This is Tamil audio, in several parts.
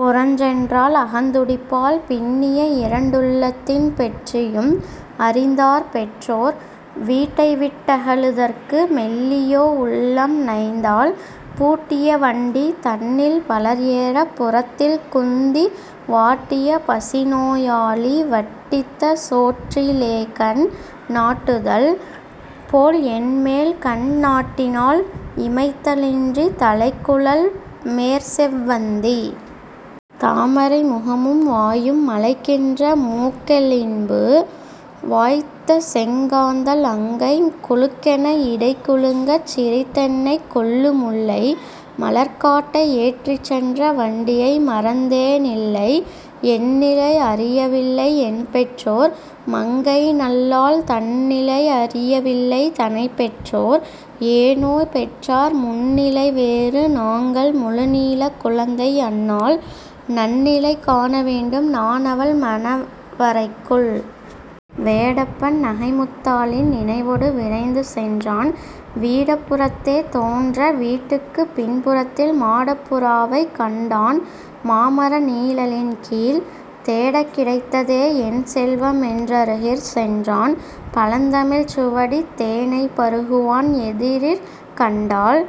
புறஞ்சென்றாள் அகந்து டிப்பாள்; பின்னிய இரண்டுள்ளத்தின் பெற்றியும் அறிந்தார் பெற்றோர். வீட்டைவிட் டகலு தற்கு மெல்லியோ உள்ளம் நைந்தாள்! பூட்டிய வண்டி தன்னில் பலர்ஏறப் புறத்தில் குந்தி வாட்டிய பசிநோ யாளி வட்டித்த சோற்றி லேகண் நாட்டுதல் போல்என் மேல்கண் நாட்டினாள் இமைத்த லின்றி! தலைக்குழல் மேற்செவ் வந்தி! தாமரை, முகமும் வாயும்! மலைக்கின்ற மூக்கெள் ளின்பூ! வாய்த்தசெங் காந்தள் அங்கை! குலுக்கென இடைகு லுங்கச் சிரித்தென்னைக் கொல்லு முல்லை! மலர்க்காட்டை ஏற்றிச் சென்ற வண்டியை மறந்தே னில்லை! என்நிலை அறிய வில்லை என்பெற்றோர்; மங்கை நல்லாள் தன்னிலை அறிய வில்லை தனைப்பெற்றோர்! ஏனோ பெற்றார் முன்நிலை வேறு நாங்கள் முழுநீளக் குழந்தை அந்நாள்; நன்னிலை காண வேண்டும் நான்அவள், மணவ றைக்குள்! வேடப்பன் நகைமுத் தாளின் நினைவொடு விரைந்து சென்றான். வீடப்பு றத்தே தோன்ற வீட்டுக்குப் பின்பு றத்தில் மாடப்பு றாவைக் கண்டான் மாமர நீழ லின்கீழ்! தேடக்கி டைத்த தேஎன் செல்வமென் றருகிற் சென்றான். பழந்தமிழ்ச் சுவடித் தேனைப் பருகுவான் எதிரிற் கண்டாள்;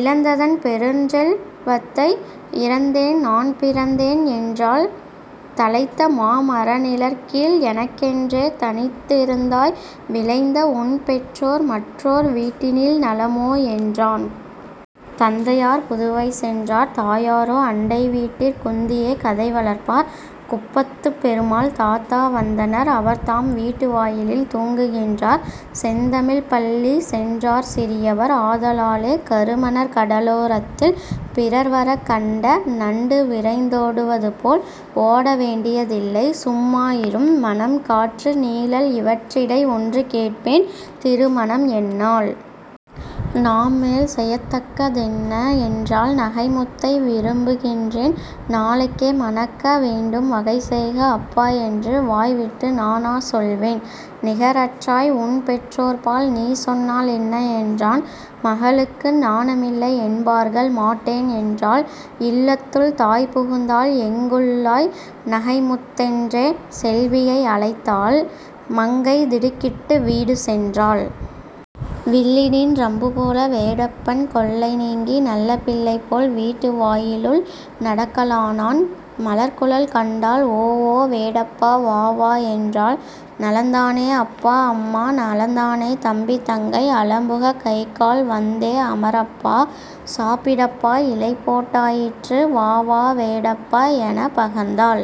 இழந்ததன் பெருஞ்செல் வத்தை 'இறந்தேன் நான் பிறந்தேன்' என்றாள் 'தழைத்தமா மரநி ழற்கீழ் எனக்கென்றே தனித்தி ருந்தாய் விழைந்தஉன் பெற்றோர் மற்றோர் வீட்டினில் நலமோ' என்றான். 'தந்தையார் புதுவை சென்றார்; தாயாரோ அண்டை வீட்டிற் குந்தியே கதைவ ளர்ப்பார்; குப்பத்துப் பெருமாள் தாத்தா வந்தனர் அவர்தாம் வீட்டு வாயிலில் தூங்கு கின்றார்; செந்தமிழ்ப் பள்ளி சென்றார் சிறியவர்! ஆத லாலே; கருமணற் கடலோ ரத்தில் பிறர்வரக் கண்ட நண்டு விரைந்தோடு வதுபோல் ஓட வேண்டிய தில்லை, சும்மா இரும்; மணம், காற்று, நீழல் இவற்றிடை ஒன்று கேட்பேன்; திருமணம் எந்நாள்? நாம், மேல் செயத்தக்க தென்ன? ' என்றாள் 'நகைமுத்தை விரும்பு கின்றேன் நாளைக்கே மணக்க வேண்டும் வகைசெய்க அப்பா என்று வாய்விட்டு நானா சொல்வேன்? நிகரற்றாய் உன்பெற் றோர்பால் நீசொன்னா லென்ன? ' என்றான்; 'மகளுக்கு நாண மில்லை என்பார்கள்; மாட்டேன்' என்றாள். இல்லத்துள் தாய்பு குந்தாள்; 'எங்குள்ளாய் நகைமுத்' தென்றே செல்வியை அழைத்தாள்; மங்கை திடுக்கிட்டு வீடு சென்றாள். வில்லினின் றம்பு போல வேடப்பன் கொல்லை நீங்கி நல்லபிள் ளைபோல் வீட்டு வாயிலுள் நடக்கலானான். மலர்க்குழல் கண்டாள் 'ஓ! ஓ! வேடப்பா வாவா' என்றாள். 'நலந்தானே அப்பா அம்மா? நலந்தானே தம்பி தங்கை? அலம்புக கைகால் வந்தே அமரப்பா சாப்பி டப்பா இலைபோட்டா யிற்று வாவா வேடப்பா' எனப்ப கர்ந்தாள்.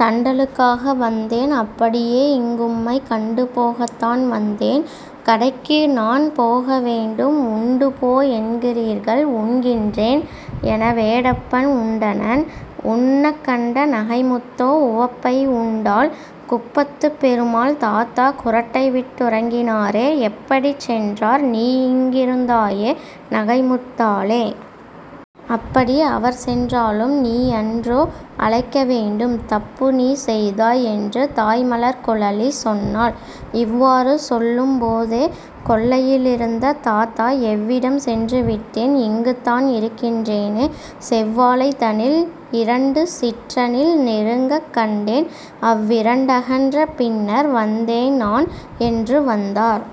'தண்டலுக் காக வந்தேன்; அப்படி யேஇங் கும்மைக் கண்டுபோ கத்தான் வந்தேன்; கடைக்குநான் போக வேண்டும் உண்டுபோ என்கின் றீர்கள் உண்கின்றேன்' எனவே டப்பன் உண்டனன்; உண்ணக் கண்ட நகைமுத்தோ உவப்பை உண்டாள். 'குப்பத்துப் பெருமாள் தாத்தா குறட்டைவிட் டுறங்கி னாரே; எப்படிச் சென்றார்? நீயிங் கிருந்தாயே நகைமுத் தாளே! அப்படி அவர்சென் றாலும் நீயன்றோ அழைக்க வேண்டும் தப்புநீ செய்தாய்' என்று தாய்மலர்க் குழலி சொன்னாள். இவ்வாறு சொல்லும் போதே கொல்லையி லிருந்த தாத்தா 'எவ்விடம் சென்று விட்டேன் இங்குத்தான் இருக்கின் றேனே; செவ்வாழை தனில்இ ரண்டு சிற்றணில் நெருங்கக் கண்டேன் அவ்விரண் டகன்ற பின்னர் வந்தேன்நான்' என்று வந்தார்.